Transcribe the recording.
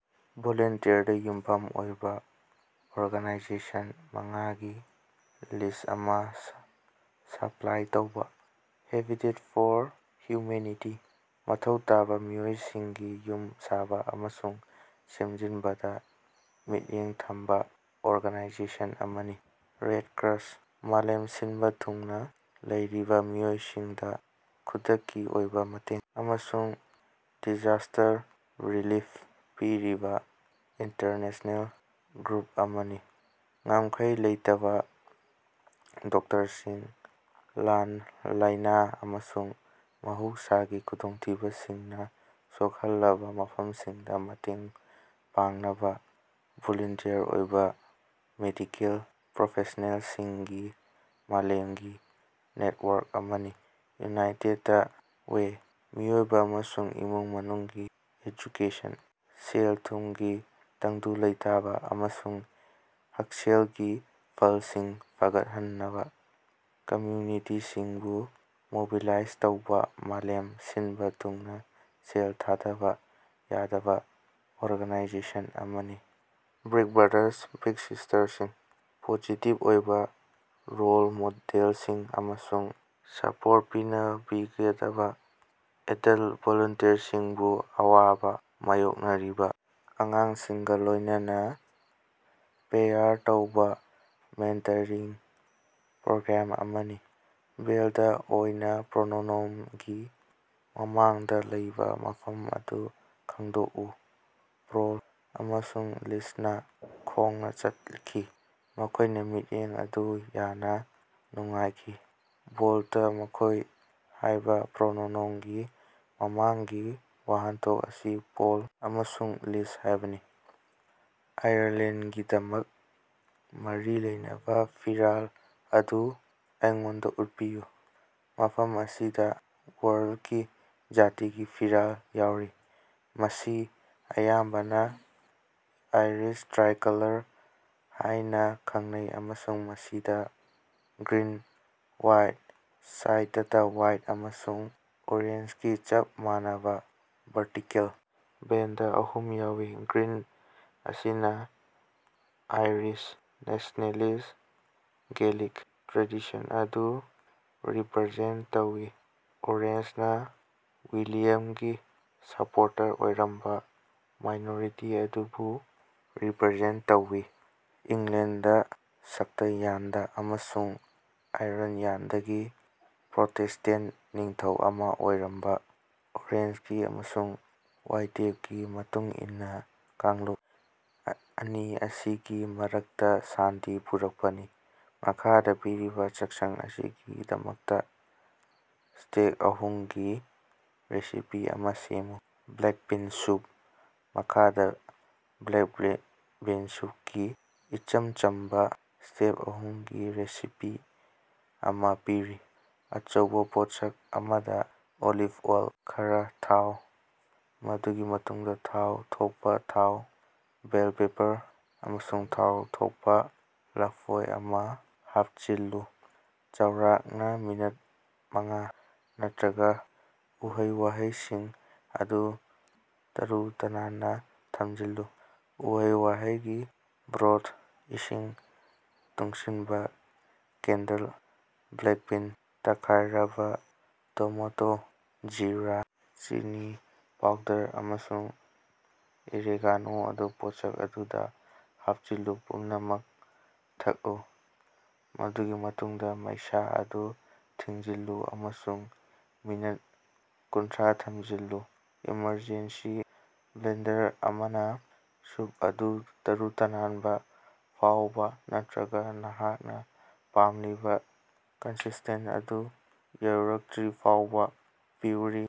ꯚꯣꯂꯨꯟꯇꯤꯌꯔꯗ ꯌꯨꯝꯐꯝ ꯑꯣꯏꯕ ꯑꯣꯔꯒꯥꯅꯥꯏꯖꯦꯁꯟ ꯃꯉꯥꯒꯤ ꯂꯤꯁ꯭ꯠ ꯑꯃꯥ ꯁꯄꯂꯥꯏ ꯇꯧꯕꯥ꯫ ꯍꯦꯕꯤꯇꯦꯠ ꯐꯣꯔ ꯍ꯭ꯌꯨꯃꯦꯅꯤꯇꯤ: ꯃꯊꯧ ꯇꯥꯕꯥ ꯃꯤꯑꯣꯏꯁꯤꯡꯒꯤ ꯌꯨꯝ ꯁꯥꯕ ꯑꯃꯁꯨꯡ ꯁꯦꯝꯖꯤꯟꯕꯗꯥ ꯃꯤꯠꯌꯦꯡ ꯊꯝꯕ ꯑꯣꯔꯒꯅꯥꯏꯖꯦꯁꯟ ꯑꯃꯅꯤ꯫ ꯔꯦꯗ ꯀ꯭ꯔꯣꯁ: ꯃꯥꯂꯦꯝ ꯁꯤꯟꯕ ꯊꯨꯡꯅ ꯂꯩꯔꯤꯕꯥ ꯃꯤꯑꯣꯏꯁꯤꯡꯗ ꯈꯨꯗꯛꯀꯤ ꯑꯣꯏꯕ ꯃꯇꯦꯡ ꯑꯃꯁꯨꯡ ꯗꯤꯖꯥꯁ꯭ꯇꯔ ꯔꯤꯂꯤꯐ ꯄꯤꯔꯤꯕ ꯏꯟꯇꯔꯅꯦꯁ꯭ꯅꯦꯜ ꯒ꯭ꯔꯨꯞ ꯑꯃꯅꯤ꯫ ꯉꯝꯈꯩ ꯂꯩꯇꯕꯥ ꯗꯣꯛꯇꯔꯁꯤꯡ: ꯂꯥꯟ, ꯂꯥꯏꯅꯥ, ꯑꯃꯁꯨꯡ ꯃꯍꯧꯁꯥꯒꯤ ꯈꯨꯗꯣꯡꯊꯤꯕꯁꯤꯡꯅ ꯁꯣꯛꯍꯜꯂꯕꯥ ꯃꯐꯝꯁꯤꯡꯗ ꯃꯇꯦꯡ ꯄꯥꯡꯅꯕ ꯚꯣꯂꯨꯟꯇꯔꯤ ꯑꯣꯏꯕ ꯃꯦꯗꯤꯀꯦꯜ ꯄ꯭ꯔꯣꯐꯦꯁ꯭ꯅꯦꯜꯁꯤꯡꯒꯤ ꯃꯥꯂꯦꯝꯒꯤ ꯅꯦꯇꯋꯥꯔꯛ ꯑꯃꯅꯤ꯫ ꯌꯨꯅꯥꯏꯇꯦꯗ ꯋꯦ: ꯃꯤꯑꯣꯏꯕꯥ ꯑꯃꯁꯨꯡ ꯏꯃꯨꯡ ꯃꯅꯨꯡꯒꯤ ꯑꯦꯖꯨꯀꯦꯁꯟ, ꯁꯦꯜ-ꯊꯨꯝꯒꯤ ꯇꯪꯗꯨ ꯂꯩꯇꯥꯕ, ꯑꯃꯁꯨꯡ ꯍꯛꯁꯦꯜꯒꯤ ꯐꯜꯁꯤꯡ ꯐꯒꯠꯍꯟꯅꯕꯥ ꯀꯝꯌꯨꯅꯤꯇꯤꯁꯤꯡꯕꯨ ꯃꯣꯕꯤꯂꯥꯏꯖ ꯇꯧꯕꯥ ꯃꯥꯂꯦꯝ ꯁꯤꯟꯕ ꯊꯨꯡꯅ ꯁꯦꯜ ꯊꯥꯗꯕ ꯌꯥꯗꯕꯥ ꯑꯣꯔꯒꯅꯥꯏꯖꯦꯁꯟ ꯑꯃꯅꯤ꯫ ꯕꯤꯒ ꯕ꯭ꯔꯥꯗꯥꯔꯁ ꯕꯤꯒ ꯁꯤꯁ꯭ꯇꯔꯁꯤꯡ: ꯄꯣꯖꯤꯇꯤꯚ ꯑꯣꯏꯕ ꯔꯣꯜ ꯃꯣꯗꯦꯜꯁꯤꯡ ꯑꯃꯁꯨꯡ ꯁꯄꯣꯔꯠ ꯄꯤꯅꯕꯒꯤꯗꯃꯛ ꯑꯦꯗꯜꯠ ꯚꯣꯂꯨꯟꯇꯤꯌꯔꯁꯤꯡꯕꯨ ꯑꯋꯥꯕꯥ ꯃꯥꯌꯣꯛꯅꯔꯤꯕꯥ ꯑꯉꯥꯡꯁꯤꯡꯒ ꯂꯣꯏꯅꯅꯥ ꯄꯦꯌꯥꯔ ꯇꯧꯕ ꯃꯦꯟꯇꯔꯤꯡ ꯄ꯭ꯔꯣꯒ꯭ꯔꯥꯝ ꯑꯃꯅꯤ꯫ ꯕꯣꯜꯗ ꯑꯣꯏꯅꯥ ꯄ꯭ꯔꯣꯅꯣꯅꯣꯝꯒꯤ ꯃꯃꯥꯡꯗꯥ ꯂꯩꯕꯥ ꯃꯐꯝ ꯑꯗꯨ ꯈꯪꯗꯣꯛꯎ꯫ ꯄꯣꯜ ꯑꯃꯁꯨꯡ ꯂꯤꯖꯅꯥ ꯈꯣꯡꯅꯥ ꯆꯠꯈꯤ꯫ ꯃꯈꯣꯏꯅ ꯃꯤꯠꯌꯦꯡ ꯑꯗꯨ ꯌꯥꯝꯅꯥ ꯅꯨꯡꯉꯥꯏꯈꯤ꯫ ꯕꯣꯜꯗꯇꯥ ꯃꯈꯣꯏ ꯍꯥꯏꯕ ꯄ꯭ꯔꯣꯅꯣꯅꯣꯝꯒꯤ ꯃꯃꯥꯡꯒꯤ ꯋꯥꯍꯟꯊꯣꯛ ꯑꯁꯤ ꯄꯣꯜ ꯑꯃꯁꯨꯡ ꯂꯤꯖ ꯍꯥꯏꯕꯅꯤ꯫ ꯑꯥꯌꯔꯂꯦꯟꯗꯒꯤꯗꯃꯛ ꯃꯔꯤ ꯂꯩꯅꯕ ꯐꯤꯔꯥꯜ ꯑꯗꯨ ꯑꯩꯉꯣꯟꯗꯥ ꯎꯠꯄꯤꯌꯨ꯫ ꯃꯐꯝ ꯑꯁꯤꯗꯥ ꯑꯥꯌꯔꯂꯦꯟꯗꯒꯤ ꯖꯥꯇꯤꯒꯤ ꯐꯤꯔꯥꯜ ꯌꯥꯎꯔꯤ꯫ ꯃꯁꯤ ꯑꯌꯥꯝꯕꯅ ꯑꯥꯏꯔꯤꯁ ꯇ꯭ꯔꯥꯏꯀꯂꯔ ꯍꯥꯏꯅꯥ ꯈꯪꯅꯩ ꯑꯃꯁꯨꯡ ꯃꯁꯤꯗꯥ ꯒ꯭ꯔꯤꯟ ꯋꯥꯏꯁ꯭ꯠ ꯁꯥꯏꯗꯇꯥ ꯋꯥꯏꯠ ꯑꯃꯁꯨꯡ ꯑꯣꯔꯦꯟꯖꯒꯤ ꯆꯞ ꯃꯥꯟꯅꯕ ꯚꯔꯇꯤꯀꯦꯜ ꯕꯦꯟꯗ ꯑꯍꯨꯝ ꯌꯥꯎꯏ꯫ꯒ꯭ꯔꯤꯟ ꯑꯁꯤꯅ ꯑꯥꯏꯔꯤꯁ ꯅꯦꯁ꯭ꯅꯦꯂꯤꯁ꯭ꯠ ꯒꯦꯂꯤꯛ ꯇ꯭ꯔꯦꯗꯤꯁꯟ ꯑꯗꯨ ꯔꯤꯄꯔꯖꯦꯟꯠ ꯇꯧꯏ, ꯑꯣꯔꯦꯟꯖꯅꯥ ꯋꯤꯂꯤꯌꯝꯒꯤ ꯁꯄꯣꯔꯇꯔ ꯑꯣꯏꯔꯝꯕ ꯃꯥꯏꯅꯣꯔꯤꯇꯤ ꯑꯗꯨꯕꯨ ꯔꯤꯄꯔꯖꯦꯟꯠ ꯇꯧꯏ꯫ ꯏꯪꯂꯦꯟꯗ, ꯁꯛꯇꯜꯌꯥꯟꯗ ꯑꯃꯁꯨꯡ ꯑꯥꯌꯥꯔꯜꯌꯥꯟꯗꯒꯤ ꯄ꯭ꯔꯣꯇꯦꯁ꯭ꯇꯦꯟ ꯅꯤꯡꯊꯧ ꯑꯃꯥ ꯑꯣꯏꯔꯝꯕ ꯑꯣꯔꯦꯟꯖꯒꯤ ꯑꯃꯁꯨꯡ ꯋꯥꯏꯇꯦꯞꯀꯤ ꯃꯇꯨꯡ ꯏꯟꯅ ꯀꯥꯡꯂꯨꯞ ꯑꯅꯤ ꯑꯁꯤꯒꯤ ꯃꯔꯛꯇꯥ ꯁꯥꯟꯇꯤ ꯄꯨꯔꯛꯄꯅꯤ꯫ ꯃꯈꯥꯗꯥ ꯄꯤꯔꯤꯕꯥ ꯆꯥꯛꯁꯪ ꯑꯁꯤꯒꯤꯗꯃꯛꯇ ꯁ꯭ꯇꯦꯞ ꯑꯍꯨꯝꯒꯤ ꯔꯦꯁꯤꯄꯤ ꯑꯃꯥ ꯁꯦꯝꯃꯨ꯫ Black bean soup. ꯃꯈꯥꯗꯥ ꯕ꯭ꯂꯦꯛ ꯕꯤꯟ ꯁ꯭ꯌꯨꯞꯀꯤ ꯏꯆꯝ ꯆꯝꯕꯥ ꯁ꯭ꯇꯦꯞ ꯑꯍꯨꯝꯒꯤ ꯔꯦꯁꯤꯄꯤ ꯑꯃꯥ ꯄꯤꯔꯤ: ꯑꯆꯧꯕꯥ ꯄꯣꯠꯁꯛ ꯑꯃꯗꯥ, ꯑꯣꯂꯤꯚ ꯑꯣꯏꯜ ꯈꯔꯥ ꯊꯥꯎ, ꯃꯗꯨꯒꯤ ꯃꯇꯨꯡꯗ ꯊꯥꯎ ꯊꯣꯛꯄꯥ ꯊꯥꯎ, ꯕꯦꯜ ꯄꯦꯄꯔ, ꯑꯃꯁꯨꯡ ꯊꯥꯎ ꯊꯣꯛꯄ ꯂꯐꯣꯏ ꯑꯃꯥ ꯍꯥꯞꯆꯤꯜꯂꯨ꯫ ꯆꯥꯎꯔꯥꯛꯅ ꯃꯤꯅꯠ ꯃꯉꯥ, ꯅꯠꯇꯔꯒ ꯎꯍꯩ-ꯋꯥꯍꯩꯁꯤꯡ ꯑꯗꯨ ꯇꯔꯨ-ꯇꯅꯥꯟꯅ ꯊꯝꯖꯤꯜꯂꯨ꯫ ꯎꯍꯩ-ꯋꯥꯍꯩꯒꯤ ꯕ꯭ꯔꯣꯊ, ꯏꯁꯤꯡ ꯇꯨꯡꯁꯤꯟꯕꯥ ꯀꯦꯟꯗꯜ ꯕ꯭ꯂꯦꯛ ꯕꯤꯟ, ꯇꯛꯈꯥꯏꯔꯕꯥ ꯇꯣꯃꯦꯇꯣ, ꯖꯤꯔꯥ, ꯆꯤꯂꯤ ꯄꯥꯎꯗꯔ, ꯑꯃꯁꯨꯡ ꯑꯣꯔꯦꯒꯥꯅꯣ ꯑꯗꯨ ꯄꯣꯠꯁꯛ ꯑꯗꯨꯗ ꯍꯥꯞꯆꯤꯜꯂꯨ꯫ ꯄꯨꯝꯅꯃꯛ ꯊꯥꯛꯎ, ꯃꯗꯨꯒꯤ ꯃꯇꯨꯡꯗꯥ ꯃꯩꯁꯥ ꯑꯗꯨ ꯊꯤꯡꯖꯤꯜꯂꯨ ꯑꯃꯁꯨꯡ ꯃꯤꯅꯠ ꯀꯨꯟꯊꯔꯥ ꯊꯝꯖꯤꯜꯂꯨ꯫ ꯏꯃꯔꯖꯦꯟꯁꯤ ꯕ꯭ꯂꯦꯟꯗꯔ ꯑꯃꯅꯥ, ꯁ꯭ꯌꯨꯞ ꯑꯗꯨ ꯇꯔꯨ-ꯇꯅꯥꯟꯕꯥ ꯐꯥꯎꯕ, ꯅꯠꯇꯔꯒ ꯅꯍꯥꯛꯅ ꯄꯥꯝꯂꯤꯕ ꯀꯟꯁꯤꯁ꯭ꯇꯦꯟꯁ ꯑꯗꯨ ꯌꯧꯔꯛꯇꯔꯤꯐꯥꯎꯕ ꯄ꯭ꯌꯨꯔꯤ